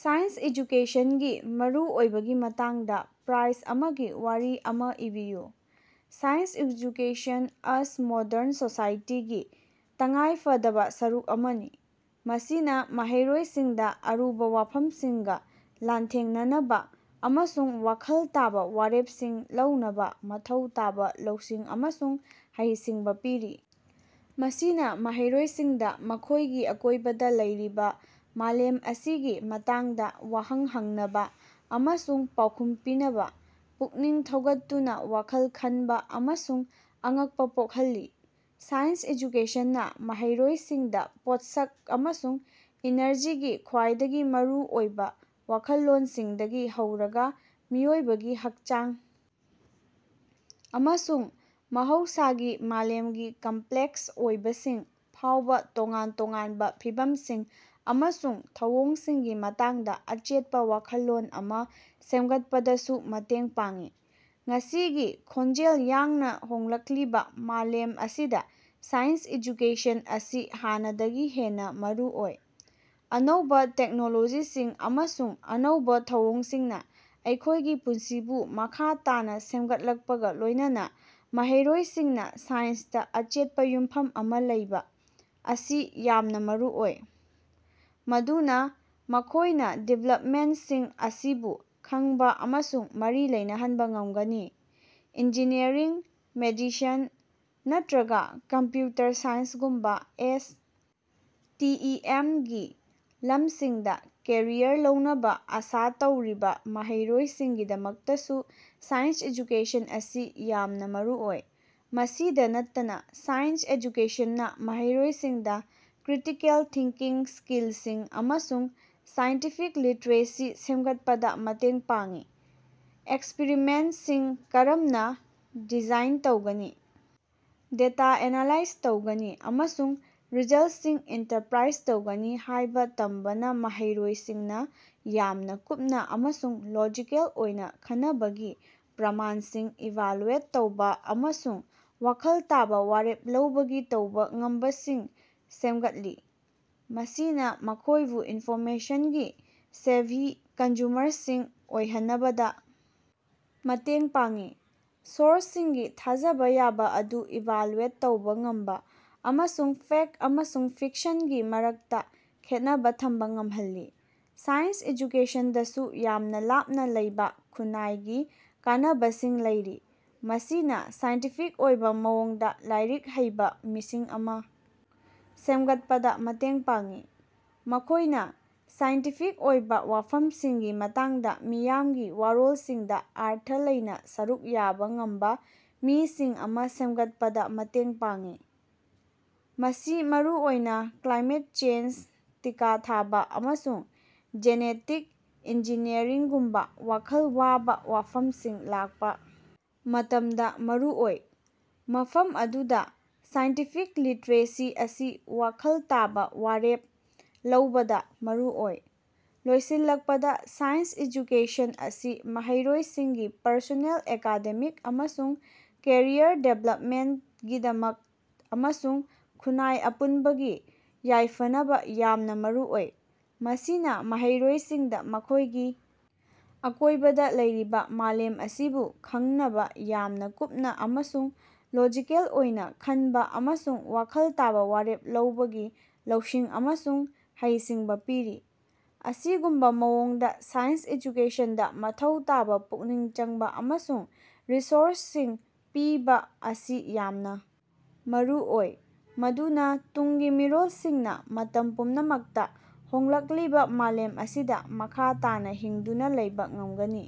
Science ꯑꯦꯖꯨꯀꯦꯁꯟꯒꯤ ꯃꯔꯨꯑꯣꯏꯕꯒꯤ ꯃꯇꯥꯡꯗꯥ ꯄ꯭ꯔ꯭ꯥꯏꯁ ꯑꯃꯒꯤ ꯋꯥꯔꯤ ꯑꯃꯥ ꯏꯕꯤꯌꯨ꯫ ꯁꯥꯏꯟꯁ ꯑꯦꯖꯨꯀꯦꯁꯟ ꯑꯁ ꯃꯣꯗꯔꯟ ꯁꯣꯁꯥꯏꯇꯤꯒꯤ ꯇꯉꯥꯏꯐꯗꯕꯥ ꯁꯔꯨꯛ ꯑꯃꯅꯤ, ꯃꯁꯤꯅꯥ ꯃꯍꯩꯔꯣꯏꯁꯤꯡꯗꯥ ꯑꯔꯨꯕꯥ ꯋꯥꯐꯝꯁꯤꯡꯒꯥ ꯂꯥꯟꯊꯦꯡꯅꯅꯕꯥ ꯑꯃꯁꯨꯡ ꯋꯥꯈꯜ ꯇꯥꯕꯥ ꯋꯥꯔꯦꯞꯁꯤꯡ ꯂꯧꯅꯕꯥ ꯃꯊꯧ ꯇꯥꯕꯥ ꯂꯧꯁꯤꯡ ꯑꯃꯁꯨꯡ ꯍꯩꯁꯤꯡꯕꯥ ꯄꯤꯔꯤ꯫ ꯃꯁꯤꯅꯥ ꯃꯍꯩꯔꯣꯏꯁꯤꯡꯗꯥ ꯃꯈꯣꯢꯒꯤ ꯑꯀꯣꯢꯕꯗꯥ ꯂꯩꯔꯤꯕꯥ ꯃꯥꯂꯦꯝ ꯑꯁꯤꯒꯤ ꯃꯇꯥꯡꯗꯥ ꯋꯥꯍꯪ ꯍꯪꯅꯕꯥ ꯑꯃꯁꯨꯡ ꯄꯥꯎꯈꯨꯝ ꯊꯤꯅꯕꯥ ꯄꯨꯛꯅꯤꯡ ꯊꯧꯒꯠꯇꯨꯅꯥ ꯋꯥꯈꯜ ꯈꯟꯕꯥ ꯑꯃꯁꯨꯡ ꯑꯉꯛꯄꯥ ꯄꯣꯛꯍꯜꯂꯤ꯫ ꯁꯥꯏꯟꯁ ꯑꯦꯖꯨꯀꯦꯁꯟꯅꯥ ꯃꯍꯩꯔꯣꯏꯁꯤꯡꯗꯥ ꯄꯣꯠꯁꯛ ꯑꯃꯁꯨꯡ ꯏꯅꯔꯖꯤꯒꯤ ꯈ꯭ꯋꯥꯏꯗꯒꯤ ꯃꯔꯨ ꯑꯣꯏꯕꯥ ꯋꯥꯈꯜꯂꯣꯟꯁꯤꯡꯗꯒꯤ ꯍꯧꯔꯒꯥ ꯃꯤꯑꯣꯏꯕꯒꯤ ꯍꯛꯆꯥꯡ ꯑꯃꯁꯨꯡ ꯃꯍꯧꯁꯥꯒꯤ ꯃꯥꯂꯦꯝꯒꯤ ꯀꯝꯄ꯭ꯂꯦꯛꯁ ꯑꯣꯏꯕꯁꯤꯡ ꯐꯥꯎꯕꯥ ꯇꯣꯉꯥꯟ ꯇꯣꯉꯥꯟꯕꯥ ꯐꯤꯚꯝꯁꯤꯡ ꯑꯃꯁꯨꯡ ꯊꯧꯑꯣꯡꯁꯤꯡꯒꯤ ꯃꯇꯥꯡꯗꯥ ꯑꯆꯦꯠꯄꯥ ꯋꯥꯈꯜꯂꯣꯟ ꯑꯃꯥ ꯁꯦꯝꯒꯠꯄꯗꯁꯨ ꯃꯇꯦꯡ ꯄꯥꯡꯏ꯫ ꯉꯁꯤꯒꯤ ꯈꯣꯟꯖꯦꯜ ꯌꯥꯡꯅꯥ ꯍꯣꯡꯂꯛꯂꯤꯕꯥ ꯃꯥꯂꯦꯝ ꯑꯁꯤꯗꯥ ꯁꯥꯏꯟꯁ ꯑꯦꯖꯨꯀꯦꯁꯟ ꯑꯁꯤ ꯍꯥꯟꯅꯗꯒꯤ ꯍꯦꯟꯅꯥ ꯃꯔꯨꯑꯣꯏ꯫ ꯑꯅꯧꯕꯥ ꯇꯦꯛꯅꯣꯂꯣꯖꯤꯁꯤꯡ ꯑꯃꯁꯨꯡ ꯑꯅꯧꯕꯥ ꯊꯧꯑꯣꯡꯁꯤꯡꯅꯥ ꯑꯩꯈꯣꯢꯒꯤ ꯄꯨꯟꯁꯤꯕꯨ ꯃꯈꯥ ꯇꯥꯅꯥ ꯁꯦꯝꯒꯠꯂꯛꯄꯒꯥ ꯂꯣꯢꯅꯅꯥ ꯃꯍꯩꯔꯣꯏꯁꯤꯡꯅꯥ ꯁꯥꯏꯟꯁꯇꯥ ꯑꯆꯦꯠꯄꯥ ꯌꯨꯝꯐꯝ ꯑꯃꯥ ꯂꯩꯕꯥ ꯑꯁꯤ ꯌꯥꯝꯅꯥ ꯃꯔꯨ ꯑꯣꯏ, ꯃꯗꯨꯅꯥ ꯃꯈꯣꯢꯅꯥ ꯗꯤꯕꯦꯂꯞꯃꯦꯟꯇꯁꯤꯡ ꯑꯁꯤꯕꯨ ꯈꯪꯕꯥ ꯑꯃꯁꯨꯡ ꯃꯔꯤ ꯂꯩꯅꯍꯟꯕꯥ ꯉꯝꯒꯅꯤ꯫ ꯏꯟꯖꯤꯅꯤꯌꯔꯤꯡ, ꯃꯦꯗꯤꯁꯟ, ꯅꯠꯇ꯭ꯔꯒꯥ ꯀꯝꯄ꯭ꯌꯨꯇꯔ ꯁꯥꯏꯟꯁꯒꯨꯝꯕꯥ ꯑꯦꯁ. ꯇꯤ. ꯏ. ꯑꯦꯝ. ꯒꯤ ꯂꯝꯁꯤꯡꯗꯥ ꯀꯦꯔꯤꯌꯔ ꯂꯧꯅꯕꯥ ꯑꯥꯁꯥ ꯇꯧꯔꯤꯕꯥ ꯃꯍꯩꯔꯣꯏꯁꯤꯡꯒꯤꯗꯃꯛꯇꯁꯨ ꯁꯥꯏꯟꯁ ꯑꯦꯖꯨꯀꯦꯁꯟ ꯑꯁꯤ ꯌꯥꯝꯅꯥ ꯃꯔꯨꯑꯣꯏ꯫ ꯃꯁꯤꯗꯥ ꯅꯠꯇꯅꯥ ꯁꯥꯏꯟꯁ ꯑꯦꯖꯨꯀꯦꯁꯟꯅꯥ ꯃꯍꯩꯔꯣꯏꯁꯤꯡꯗꯥ ꯀ꯭ꯔꯤꯇꯤꯀꯦꯜ ꯊꯤꯡꯀꯤꯡ ꯁ꯭ꯀꯤꯜꯁꯤꯡ ꯑꯃꯁꯨꯡ ꯁꯥꯏꯟꯇꯤꯐꯤꯛ ꯂꯤꯇ꯭ꯔꯦꯁꯤ ꯁꯦꯝꯒꯠꯄꯗꯥ ꯃꯇꯦꯡ ꯄꯥꯡꯏ꯫ ꯑꯦꯛꯁꯄꯔꯤꯃꯦꯟꯇꯁꯤꯡ ꯀꯔꯝꯅꯥ ꯗꯤꯖꯥꯏꯟ ꯇꯧꯒꯅꯤ, ꯗꯦꯇꯥ ꯑꯦꯅꯥꯂꯥꯏꯖ ꯇꯧꯒꯅꯤ ꯑꯃꯁꯨꯡ ꯔꯤꯖꯜꯇꯁꯤꯡ ꯏꯟꯇꯔꯄ꯭ꯔꯥꯏꯖ ꯇꯧꯒꯅꯤ ꯍꯥꯢꯕꯥ ꯇꯝꯕꯅꯥ ꯃꯍꯩꯔꯣꯏꯁꯤꯡꯅꯥ ꯌꯥꯝꯅꯥ ꯀꯨꯞꯅꯥ ꯑꯃꯁꯨꯡ ꯂꯣꯖꯤꯀꯦꯜ ꯑꯣꯏꯅꯥ ꯈꯅꯕꯒꯤ, ꯄ꯭ꯔꯃꯥꯟꯁꯤꯡ ꯏꯚꯥꯂꯨꯑꯦꯠ ꯇꯧꯕꯥ ꯑꯃꯁꯨꯡ ꯋꯥꯈꯜ ꯇꯥꯕꯥ ꯋꯥꯔꯦꯞ ꯂꯧꯕꯒꯤ ꯇꯧꯕꯥ ꯉꯝꯕꯁꯤꯡ ꯁꯦꯝꯒꯠꯂꯤ꯫ ꯃꯁꯤꯅꯥ ꯃꯈꯣꯢꯕꯨ ꯏꯟꯐꯣꯔꯃꯦꯁꯟꯒꯤ ꯁꯦꯚꯤ ꯀꯟꯖꯨꯃꯔꯁꯤꯡ ꯑꯣꯏꯍꯅꯕꯗꯥ ꯃꯇꯦꯡ ꯄꯥꯡꯏ, ꯁꯣꯔꯁꯁꯤꯡꯒꯤ ꯊꯥꯖꯕꯥ ꯌꯥꯕꯥ ꯑꯗꯨ ꯏꯚꯥꯜꯌꯨꯑꯦꯠ ꯇꯧꯕꯥ ꯉꯝꯕꯥ ꯑꯃꯁꯨꯡ ꯐꯦꯛ ꯑꯃꯁꯨꯡ ꯐꯤꯛꯁꯟꯒꯤ ꯃꯔꯛꯇꯥ ꯈꯦꯠꯅꯕꯥ ꯊꯝꯕꯥ ꯉꯍꯜꯂꯤ꯫ ꯁꯥꯏꯟꯁ ꯑꯦꯖꯨꯀꯦꯁꯟꯗꯁꯨ ꯌꯥꯝꯅꯥ ꯂꯥꯞꯅꯥ ꯂꯩꯕꯥ ꯈꯨꯟꯅꯥꯏꯒꯤ ꯀꯥꯟꯅꯕꯁꯤꯡ ꯂꯩꯔꯤ꯫ ꯃꯁꯤꯅꯥ ꯁꯥꯏꯟꯇꯤꯐꯤꯛ ꯑꯣꯏꯕꯥ ꯃꯑꯣꯡꯗꯥ ꯂꯥꯏꯔꯤꯛ ꯍꯩꯕꯥ ꯃꯤꯁꯤꯡ ꯑꯃꯥ ꯁꯦꯝꯒꯠꯄꯗꯥ ꯃꯇꯦꯡ ꯄꯥꯡꯏ꯫ ꯃꯈꯣꯢꯅꯥ ꯁꯥꯏꯟꯇꯤꯐꯤꯛ ꯑꯣꯏꯕꯥ ꯋꯥꯐꯝꯁꯤꯡꯒꯤ ꯃꯇꯥꯡꯗꯥ ꯃꯤꯌꯥꯝꯒꯤ ꯋꯥꯔꯣꯜꯁꯤꯡꯗꯥ ꯑꯔꯊ ꯂꯩꯅꯥ ꯁꯔꯨꯛ ꯌꯥꯕꯥ ꯉꯝꯕꯥ ꯃꯤꯁꯤꯡ ꯑꯃꯥ ꯁꯦꯝꯒꯠꯄꯗꯥ ꯃꯇꯦꯡ ꯄꯥꯡꯏ꯫ ꯃꯁꯤ ꯃꯔꯨꯑꯣꯏꯅꯥ ꯀ꯭ꯂꯥꯏꯃꯦꯠ ꯆꯦꯟꯖ, ꯇꯤꯀꯥ ꯊꯥꯕꯥ, ꯑꯃꯁꯨꯡ ꯖꯦꯅꯦꯇꯤꯛ ꯏꯟꯖꯤꯅꯤꯌꯔꯤꯡꯒꯨꯝꯕꯥ ꯋꯥꯈꯜ ꯋꯥꯕꯥ ꯋꯥꯐꯝꯁꯤꯡ ꯂꯥꯛꯄꯥ ꯃꯇꯝꯗꯥ ꯃꯔꯨ ꯑꯣꯏ, ꯃꯐꯝ ꯑꯗꯨꯗꯥ ꯁꯥꯏꯟꯇꯤꯐꯤꯛ ꯂꯤꯇ꯭ꯔꯦꯁꯤ ꯑꯁꯤ ꯋꯥꯈꯜ ꯇꯥꯕꯥ ꯋꯥꯔꯦꯞ ꯂꯧꯕꯗꯥ ꯃꯔꯨ ꯑꯣꯏ꯫ ꯂꯣꯏꯁꯤꯜꯂꯛꯄꯗꯥ, ꯁꯥꯏꯟꯁ ꯑꯦꯖꯨꯀꯦꯁꯟ ꯑꯁꯤ ꯃꯍꯩꯔꯣꯏꯁꯤꯡꯒꯤ ꯄꯔꯁꯣꯅꯦꯜ, ꯑꯦꯀꯥꯗꯦꯃꯤꯛ ꯑꯃꯁꯨꯡ ꯀꯦꯔꯤꯌꯔ ꯗꯤꯕ꯭ꯂꯞꯃꯦꯟꯀꯤꯗꯃꯛ ꯑꯃꯁꯨꯡ ꯈꯨꯟꯅꯥꯏ ꯑꯄꯨꯟꯕꯒꯤ ꯌꯥꯏꯐꯅꯕꯥ ꯌꯥꯝꯅꯥ ꯃꯔꯨꯑꯣꯏ꯫ ꯃꯁꯤꯅꯥ ꯃꯍꯩꯔꯣꯏꯁꯤꯡꯗꯥ ꯃꯈꯣꯢꯒꯤ ꯑꯀꯣꯢꯕꯗꯥ ꯂꯩꯔꯤꯕꯥ ꯃꯥꯂꯦꯝ ꯑꯁꯤꯕꯨ ꯈꯪꯅꯕꯥ ꯌꯥꯝꯅꯥ ꯀꯨꯞꯅꯥ ꯑꯃꯁꯨꯡ ꯂꯣꯖꯤꯀꯦꯜ ꯑꯣꯏꯅꯥ ꯈꯟꯕꯥ ꯑꯃꯁꯨꯡ ꯋꯥꯈꯜ ꯇꯥꯕꯥ ꯋꯥꯔꯦꯞ ꯂꯧꯕꯒꯤ ꯂꯧꯁꯤꯡ ꯑꯃꯁꯨꯡ ꯍꯩꯁꯤꯡꯕꯥ ꯄꯤꯔꯤ꯫ ꯑꯁꯤꯒꯨꯝꯕꯥ ꯃꯑꯣꯡꯗꯥ ꯁꯥꯏꯟꯁ ꯑꯦꯖꯨꯀꯦꯁꯟꯗꯥ ꯃꯊꯧ ꯇꯥꯕꯥ ꯄꯨꯛꯅꯤꯡ ꯆꯪꯕꯥ ꯑꯃꯁꯨꯡ ꯔꯤꯁꯣꯔꯁꯁꯤꯡ ꯄꯤꯕꯥ ꯑꯁꯤ ꯌꯥꯝꯅꯥ ꯃꯔꯨꯑꯣꯏ ꯃꯗꯨꯅꯥ ꯇꯨꯡꯒꯤ ꯃꯤꯔꯣꯜꯁꯤꯡꯅꯥ ꯃꯇꯝ ꯄꯨꯝꯅꯃꯛꯇꯥ ꯍꯣꯡꯂꯛꯂꯤꯕꯥ ꯃꯥꯂꯦꯝ ꯑꯁꯤꯗꯥ ꯃꯈꯥ ꯇꯥꯅꯥ ꯍꯤꯡꯗꯨꯅꯥ ꯂꯩꯕꯥ ꯉꯝꯒꯅꯤ꯫